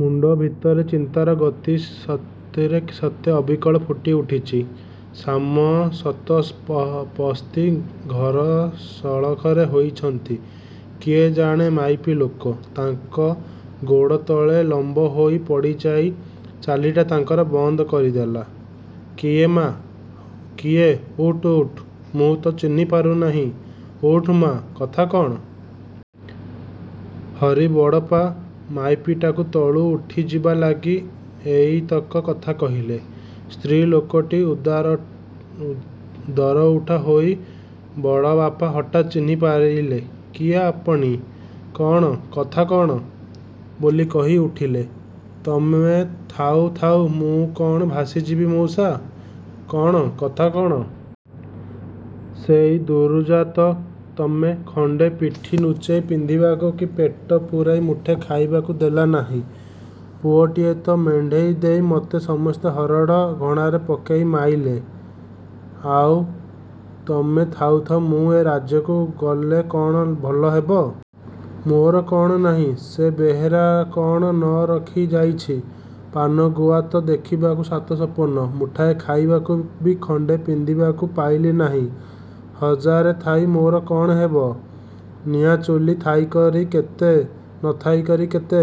ମୁଣ୍ଡ ଭିତରେ ଚିନ୍ତାର ଗତି ସେଥିରେ ସେତେ ଅବିକଳ ଫୁଟି ଉଠିଚି। ଶାମ ଶତପସ୍ତି ଘର ସଳଖରେ ହେଇଛନ୍ତି, କିଏ ଜଣେ ମାଇପି ଲୋକ। ତାଙ୍କ ଗୋଡ଼ତଳେ ଲମ୍ବ ହୋଇ ପଡ଼ିଯାଇ ଚାଲିଟା ତାଙ୍କର ବନ୍ଦ କରିଦେଲା। –କିଏ ମା, କିଏ, ଉଠ୍ ଉଠ୍, ମୁଁ ତ ଚିହ୍ନି ପାରୁନାଇଁ–ଉଠ୍ ମା, କଥା କଣ–? ହରିବଡ଼'ପା ମାଇପିଟିକୁ ତଳୁ ଉଠିଯିବା ଲାଗି ଏଇତକ କଥା କହିଲେ। ସ୍ତ୍ରୀ ଲୋକଟି ଦରଉଠା ହେଇଚି, ବଡ଼'ପା ହଠାତ୍ ଚିହ୍ନି ପକେଇଲେ–କିଏ ଅପନି! କଣ, କଥା କଣ–? ବୋଲି କହି ଉଠିଲେ। –ତମେ ଥାଉ ଥାଉ ମୁଁ କଣ ଭାସି ଯିବି ମଉସା–? –କଣ, କଥା କଣ? ସେଇ ଦୁରୁଜା ତ ମତେ ଖଣ୍ଡେ ପିଠି ନୁଚେଇ ପିନ୍ଧିବାକୁ କି ପେଟ ପୁରେଇ ମୁଠା ଖାଇବାକୁ ଦେଲା ନେଇଁ। ପୁଅଟିଏ ତ ମେଣ୍ଢେଇ ଦେଇ ମତେ ସମସ୍ତେ ହରଡ଼ ଘଣାରେ ପକେଇ ମାଇଲେ; ଆଉ, ତମେ ଥାଉଥାଉ ମୁଁ ଏ ରାଜ୍ୟରୁ ଗଲେ କଣ ଭଲ ହେବ? ମୋର କଣ ନାଇଁ, ସେ ବେହେରା କଣ ନ ରଖି ଯାଇଚି? –ପାନ ଗୁଆ ତ ଦେଖିବାକୁ ସାତ ସପନ, ମୁଠା ଖାଇବାକୁ କି ଖଣ୍ଡେ ପିନ୍ଧିବାକୁ ପାଇଲି ନେଇଁ, ହଜାରେ ଥାଇ ମୋର କଣ ହବ? ନିଆଁ ଚୁଲି ଥାଇକରି କେତେ, ନ ଥାଇକରି କେତେ–?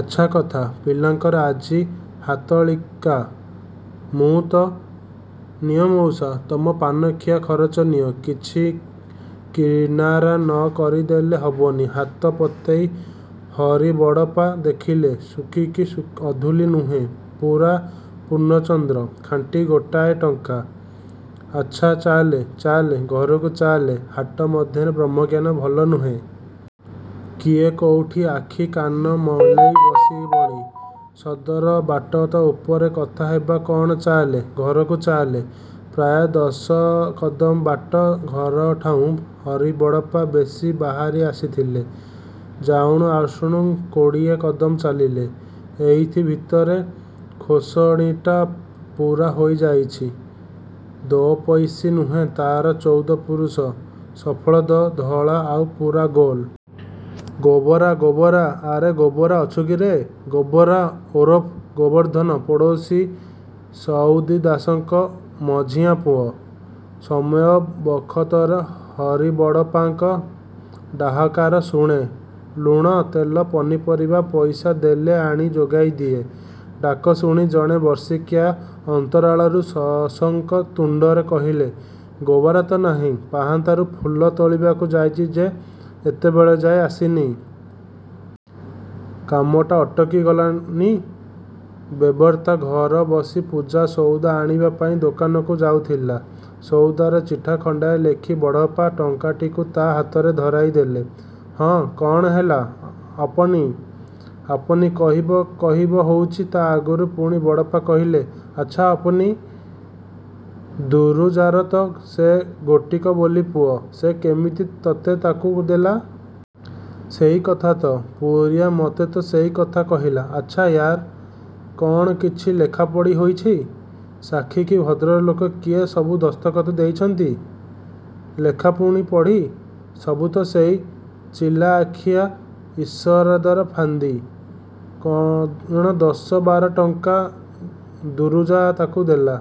–ଆଛା କଥା, ପିଲାଙ୍କର ଆଜି ହତାଳିକା–ମୁଁ ତ…. –ନିଅ ମଉସା, ତମ ପାନଖିଆ ଖରଚ ନିଅ, କିଛି କିନାରା ନ କରିଦେଲେ ହବନି। ହାତ ପତେଇ ହରିବଡ଼'ପା ଦେଖିଲେ ସୁ'କି କି ଅଧୁଲି ନୁହେଁ, ପୁରା ପୂର୍ଣ୍ଣଚନ୍ଦ୍ର–ଖାଣ୍ଟି ଗୋଟିଏ ଟଙ୍କା। –ଆଚ୍ଛା, ଚାଲେ ଚାଲ, ଘରକୁ ଚାଲେ–ହାଟ ମଧ୍ୟରେ ବ୍ରହ୍ମଜ୍ଞାନ ଭଲ ନୁହେଁ। କିଏ କୋଉଠି ଆଖି କାନ ମେଲେଇ ସାରିବଣି। ସଦର ବାଟଟା ଉପରେ କଥା ହେବା କଣ–ଚାଲେ ଘରକୁ ଚାଲେ। ପ୍ରାୟ ଦଶ କଦମ ବାଟ ଘରଠଉଁ ହରିବଡ଼'ପା ବେଶି ବାହାରି ଆସିଥିଲେ, ଯାଉଣୁ ଆସୁଣୁ କୋଡ଼ିଏ କଦମ ଚାଲିଲେ। ଏଇଥି ଭିତରେ ଖୋସଣୀଟା ପୁରା ହୋଇ ଯାଇଚି, ଦୋପଇସି ନୁହେ–ତାର ଚଉଦ ପୁରୁଷ–ସଫଦ ଧଳା ଆଉ ପୁରା ଗୋଲ। –ଗୋବରା, ଗୋବରା, ଆରେ ଗୋବରା ଅଛୁକିରେ– ଗୋବରା ଓରଫ ଗୋବର୍ଦ୍ଧନ ପଡ଼ୋଶୀ ସଉରି ଦାସଙ୍କ ମଝିଆଁ ପୁଅ। ସମୟ ବଖତରେ ହରିବଡ଼'ପାଙ୍କ ଡାକହାକ ଶୁଣେ–ଲୁଣ, ତେଲ ପନିପରିବା ପଇସା ଦେଲେ ଆଣି ଯୋଗାଇ ଦିଏ। ଡାକ ଶୁଣି ଜଣେ ବର୍ଷିୟସୀ ଅନ୍ତରାଳରୁ ସଶଙ୍କ ତୁଣ୍ଡରେ କହିଲେ–ଗୋବରା ତ ନାଇଁ, ପାହାନ୍ତାରୁ ଫୁଲ ତୋଳିବାକୁ ଯାଇଚି ଯେ ଏତେବେଳେଯା ଆସିନି? କାମଟା ଅଟକିଲା ନି। ବେବର୍ତ୍ତା ଘର ବିଶି ପୂଜା ସଉଦା ଆଣିବା ପାଇଁ ଦୋକାନକୁ ଯାଉଥିଲା, ସଉଦାର ଚିଠା ଖଣ୍ଡିଏ ଲେଖି ବଡ଼ପା ଟଙ୍କାଟିକୁ ତା ହାତରେ ଧରେଇ ଦେଲେ। –ହଁ, କଣ ହେଲା ଅପନି–? ଅପନି କହିବ କହିବ ହଉଚି, ତା ଆଗରୁ ପୁଣି ବଡ଼ପା କହିଲେ– ଆଛା ଅପନି, ଦୁରୁଜାର ତ ସେ ଗୋଟିକ ବୋଲି ପୁଅ; ସେ କେମିତି ତତେ ତାକୁ ଦେଲା? –ସେଇ କଥା ତ, ପୁରିଆ ମତେ ତ ସେଇ କଥା କହିଲା। –ଆଛା, ୟାର କଣ କିଛି ଲେଖାପଢ଼ି ହେଇଚି? ସାକ୍ଷୀ କି ଭଦ୍ରଲୋକ କିଏ ସବୁ ଦସ୍ତଖତ ଦେଇଛନ୍ତି? –ଲେଖା ପୁଣି ପଢ଼ି, ସବୁ ତ ସେଇ ଚିଲାଆଖିଆ ଈଶରାର ଫନ୍ଦି। କଣ ଦଶ ବାର ଟଙ୍କା ଦୁରୁଜା ତାକୁ ଦେଲା,